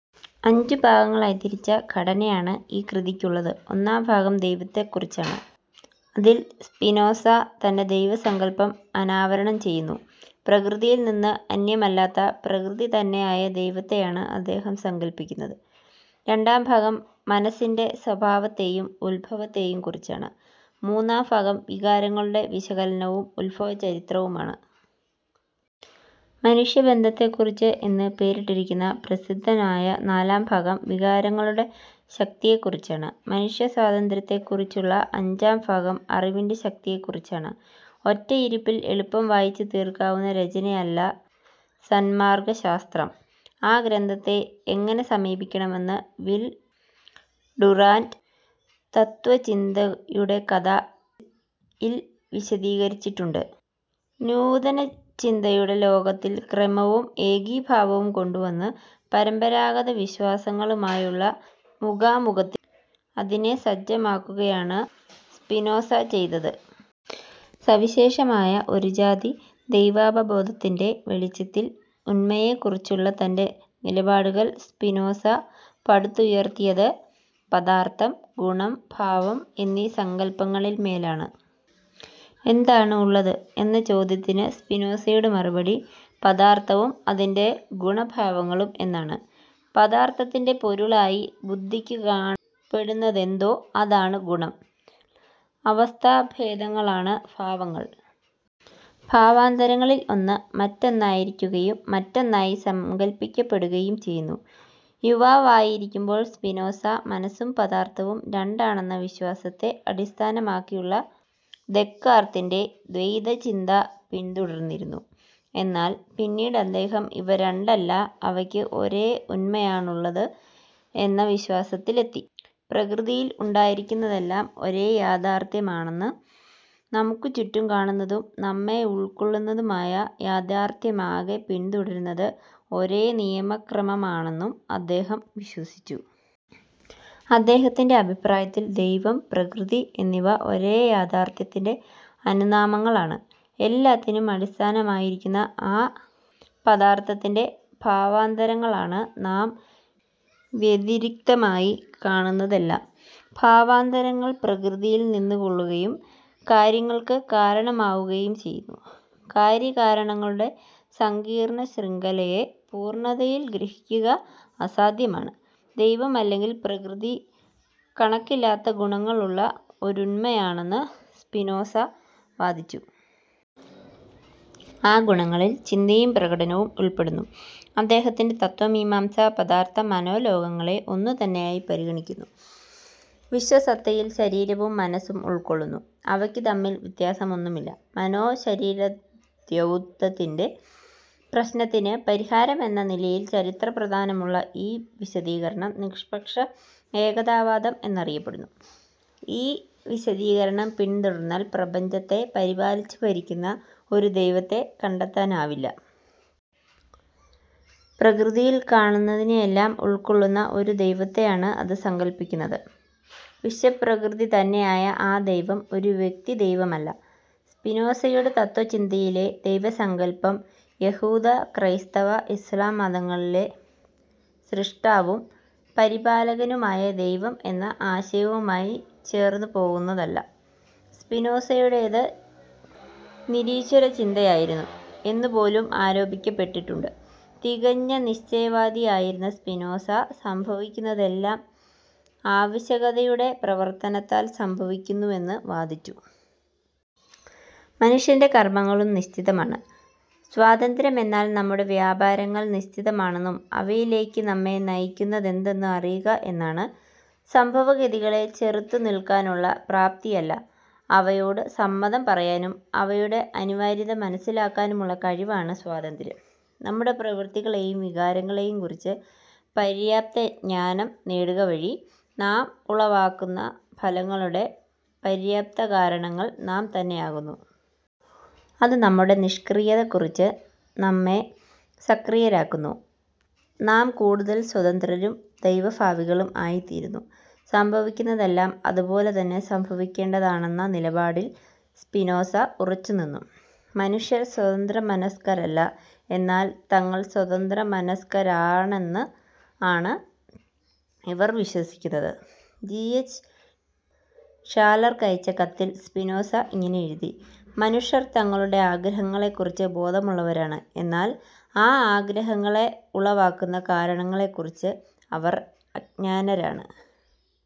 അഞ്ചു ഭാഗങ്ങളായി തിരിച്ച ഘടനയാണ് ഈ കൃതിക്കുള്ളത്. ഒന്നാം ഭാഗം ദൈവത്തെക്കുറിച്ചാണ്. അതിൽ സ്പിനോസ തന്റെ ദൈവസങ്കല്പം അനാവരണം ചെയ്യുന്നു. പ്രകൃതിയിൽ നിന്ന് അന്യമല്ലാത്ത, പ്രകൃതിതന്നെയായ ദൈവത്തെയാണ് അദ്ദേഹം സങ്കല്പിക്കുന്നത്. രണ്ടാം ഭാഗം മനസ്സിന്റെ സ്വഭാവത്തെയും ഉത്ഭവത്തേയും കുറിച്ചാണ്. മൂന്നാം ഭാഗം, വികാരങ്ങളുടെ വിശകലനവും ഉത്ഭവചരിത്രവുമാണ്. മനുഷ്യബന്ധനത്തെക്കുറിച്ച് എന്ന് പേരിട്ടിരിക്കുന്ന പ്രസിദ്ധമായ നാലാം ഭാഗം, വികാരങ്ങളുടെ ശക്തിയെക്കുറിച്ചാണ്. മനുഷ്യസ്വാതന്ത്ര്യത്തെക്കുറിച്ചുള്ള അഞ്ചാംഭാഗം അറിവിന്റെ ശക്തിയെക്കുറിച്ചാണ്. ഒറ്റയിരുപ്പിൽ എളുപ്പം വായിച്ചുതീർക്കാവുന്ന രചനയല്ല സന്മാർഗശാസ്ത്രം. ആ ഗ്രന്ഥത്തെ എങ്ങനെ സമീപിക്കണമെന്ന് വിൽ ഡുറാന്റ് "തത്ത്വചിന്തയുടെ കഥ"-യിൽ വിശദീകരിച്ചിട്ടുണ്ട്:- നൂതനചിന്തയുടെ ലോകത്തിൽ ക്രമവും ഏകീഭാവവും കൊണ്ടുവന്ന്, പരമ്പരാഗതവിശ്വാസങ്ങളുമായുള്ള മുഖാമുഖത്തിന് അതിനെ സജ്ജമാക്കുകയാണ് സ്പിനോസ ചെയ്തത്. സവിശേഷമായ ഒരുജാതി ദൈവാവബോധത്തിന്റെ വെളിച്ചത്തിൽ ഉണ്മയെക്കുറിച്ചുള്ള തന്റെ നിലപാടുകൾ സ്പിനോസ പടുത്തുയർത്തിയത്, പദാർഥം, ഗുണം, ഭാവം എന്നീ സങ്കല്പങ്ങളിന്മേലാണ്. "എന്താണ് ഉള്ളത്? " എന്ന ചോദ്യത്തിന് സ്പിനോസയുടെ മറുപടി, "പദാർഥവും, അതിന്റെ ഗുണ-ഭാവങ്ങളും" എന്നാണ്. പദാർഥത്തിന്റെ പൊരുളായി ബുദ്ധിക്കു കാണപ്പെടുന്നതെന്തോ, അതാണ് ഗുണം. അവസ്ഥാഭേദങ്ങളാണ് ഭാവങ്ങൾ. ഭാവാന്തരങ്ങളിൽ ഒന്ന് മറ്റൊന്നായിരിക്കുകയും മറ്റൊന്നായി സങ്കല്പിക്കപ്പെടുകയും ചെയ്യുന്നു. യുവാവായിരിക്കുമ്പോൾ സ്പിനോസ, മനസ്സും പദാർഥവും രണ്ടാണെന്ന വിശ്വാസത്തെ അടിസ്ഥാനമാക്കിയുള്ള ദെക്കാർത്തിന്റെ ദ്വൈതചിന്ത പിന്തുടർന്നിരുന്നു. എന്നാൽ പിന്നീടദ്ദേഹം, അവ രണ്ടല്ല അവക്ക് ഒരേ ഉണ്മയാണുള്ളത് എന്ന വിശ്വാസത്തിലെത്തി. പ്രകൃതിയിൽ ഉണ്ടായിരിക്കുന്നതെല്ലാം ഒരേ യാഥാർഥ്യം ആണെന്നും നമുക്കും ചുറ്റും കാണുന്നതും നമ്മെ ഉൾക്കൊള്ളുന്നതുമായ യാഥാർഥ്യമാകെ പിന്തുടരുന്നത് ഒരേനിയമക്രമമാണെന്നും അദ്ദേഹം വിശ്വസിച്ചു. അദ്ദേഹത്തിന്റെ അഭിപ്രായത്തിൽ ദൈവം, പ്രകൃതി എന്നിവ ഒരേ യാഥാർഥ്യത്തിന്റെ രണ്ടുനാമങ്ങളാണ്. എല്ലാത്തിനും അടിസ്ഥാനമായിരിക്കുന്ന ആ പദാർഥത്തിന്റെ ഭാവാന്തരങ്ങളാണ് നാം വ്യതിരിക്തമായി കാണുന്നതെല്ലാം. ഭാവാന്തരങ്ങൾ പ്രകൃതിയിൽ നിലകൊള്ളുകയും കാര്യങ്ങൾക്ക് കാരണമാവുകയും ചെയ്യുന്നു. കാര്യ-കാരണങ്ങളുടെ സങ്കീർണ്ണശൃഖലയെ പൂർണ്ണതയിൽ ഗ്രഹിക്കുക അസാധ്യമാണ്. ദൈവം അല്ലെങ്കിൽ പ്രകൃതി, കണക്കില്ലാത്ത ഗുണങ്ങൾ ഉള്ള ഒരുണ്മയാണെന്ന് സ്പിനോസ വാദിച്ചു. ആ ഗുണങ്ങളിൽ ചിന്തയും പ്രകടനവും ഉൾപ്പെടുന്നു. അദ്ദേഹത്തിന്റെ തത്ത്വമീമാംസ പദാർഥ-മനോലോകങ്ങളെ ഒന്നുതന്നെയായി പരിഗണിക്കുന്നു. വിശ്വസത്തയിൽ ശരീരവും മനസ്സും ഉൾക്കൊള്ളുന്നു. അവയ്ക്കുതമ്മിൽ വ്യത്യാസമൊന്നുമില്ല. മനോ-ശരീരദ്വൈതത്തിന്റെ പ്രശ്നത്തിന് പരിഹാരമെന്ന നിലയിൽ ചരിത്രപ്രാധാന്യമുള്ള ഈ വിശദീകരണം നിഷ്പക്ഷ-ഏകതാവാദം എന്നറിയപ്പെടുന്നു. ഈ വിശദീകരണം പിന്തുടർന്നാൽ പ്രപഞ്ചത്തെ പരിപാലിച്ചു ഭരിക്കുന്ന ഒരു ദൈവത്തെ കണ്ടെത്താനാവില്ല. പ്രകൃതിയിൽ കാണുന്നതിനെയെല്ലാം ഉൾക്കൊള്ളുന്ന, ഒരു ദൈവത്തെയാണ് അത് സങ്കല്പിക്കുന്നത്. വിശ്വപ്രകൃതിതന്നെയായ ആ ദൈവം ഒരു വ്യക്തിദൈവമല്ല. സ്പിനോസയുടെ തത്ത്വചിന്തയിലെ ദൈവസങ്കല്പം യഹൂദ-ക്രൈസ്തവ-ഇസ്ലാം മതങ്ങളിലെ സ്രഷ്ടാവും പരിപാലകനുമായുള്ള ദൈവം എന്ന ആശയവുമായി ചേർന്നുപോകുന്നതല്ല. സ്പിനോസയുടേത് നിരീശ്വരചിന്തയായിരുന്നു എന്നുപോലും ആരോപിക്കപ്പെട്ടിട്ടുണ്ട്. തികഞ്ഞ നിശ്ചയവാദി ആയിരുന്ന സ്പിനോസ, സംഭവിക്കുന്നതെല്ലാം ആവശ്യകതയുടെ പ്രവർത്തനത്താൽ സംഭവിക്കുന്നുവെന്ന് വാദിച്ചു. മനുഷ്യന്റെ കർമ്മങ്ങളും നിശ്ചിതമാണ്. സ്വാതന്ത്ര്യമെന്നാൽ, നമ്മുടെ വ്യാപാരങ്ങൾ നിശ്ചിതമാണെന്നും, അവയിലെക്ക് നമ്മെ നയിക്കുന്നതെന്തെന്നും അറിയുക എന്നാണ്. സംഭവഗതികളെ ചെറുത്തുനിൽക്കാനുള്ള പ്രാപ്തിയല്ല, അവയോട് സമ്മതം പറയാനും അവയുടെ അനിവാര്യത മനസ്സിലാക്കാനുമുള്ള കഴിവാണ് സ്വാതന്ത്ര്യം. നമ്മുടെ പ്രവർത്തികളെയും വികാരങ്ങളേയും കുറിച്ച് പര്യാപ്തജ്ഞാനം നേടുകവഴി നാം ഉളവാക്കുന്ന ഫലങ്ങളുടെ പര്യാപ്തകാരണങ്ങൾ നാം തന്നെയാകുന്നു. അത് നമ്മുടെ നിഷ്ക്രിയത കുറച്ച് നമ്മെ സക്രിയരാക്കുന്നു. നാം കൂടുതൽ സ്വതന്ത്രരും ദൈവഭാവികളും ആയിത്തീരുന്നു. സംഭവിക്കുന്നതെല്ലാം അത് പോലെ തന്നെ സംഭവിക്കേണ്ടതാണെന്ന നിലപാടിൽ സ്പിനോസ ഉറച്ചുനിന്നു. മനുഷ്യർ സ്വതന്ത്രമനസ്കരല്ല. എന്നാൽ തങ്ങൾ സ്വതന്ത്രമനസ്കരാണെന്നാണ് അവർ വിശ്വസിക്കുന്നത്. ജി. എച്ച് ഷാല്ലർക്കയച്ച കത്തിൽ, സ്പിനോസ ഇങ്ങനെ എഴുതി: "മനുഷ്യർ തങ്ങളുടെ ആഗ്രഹങ്ങളെക്കുറിച്ച് ബോധമുള്ളവരാണ്; എന്നാൽ ആ ആഗ്രഹങ്ങളെ ഉളവാക്കുന്ന കാരണങ്ങളെക്കുറിച്ച് അവർ അജ്ഞരാണ്.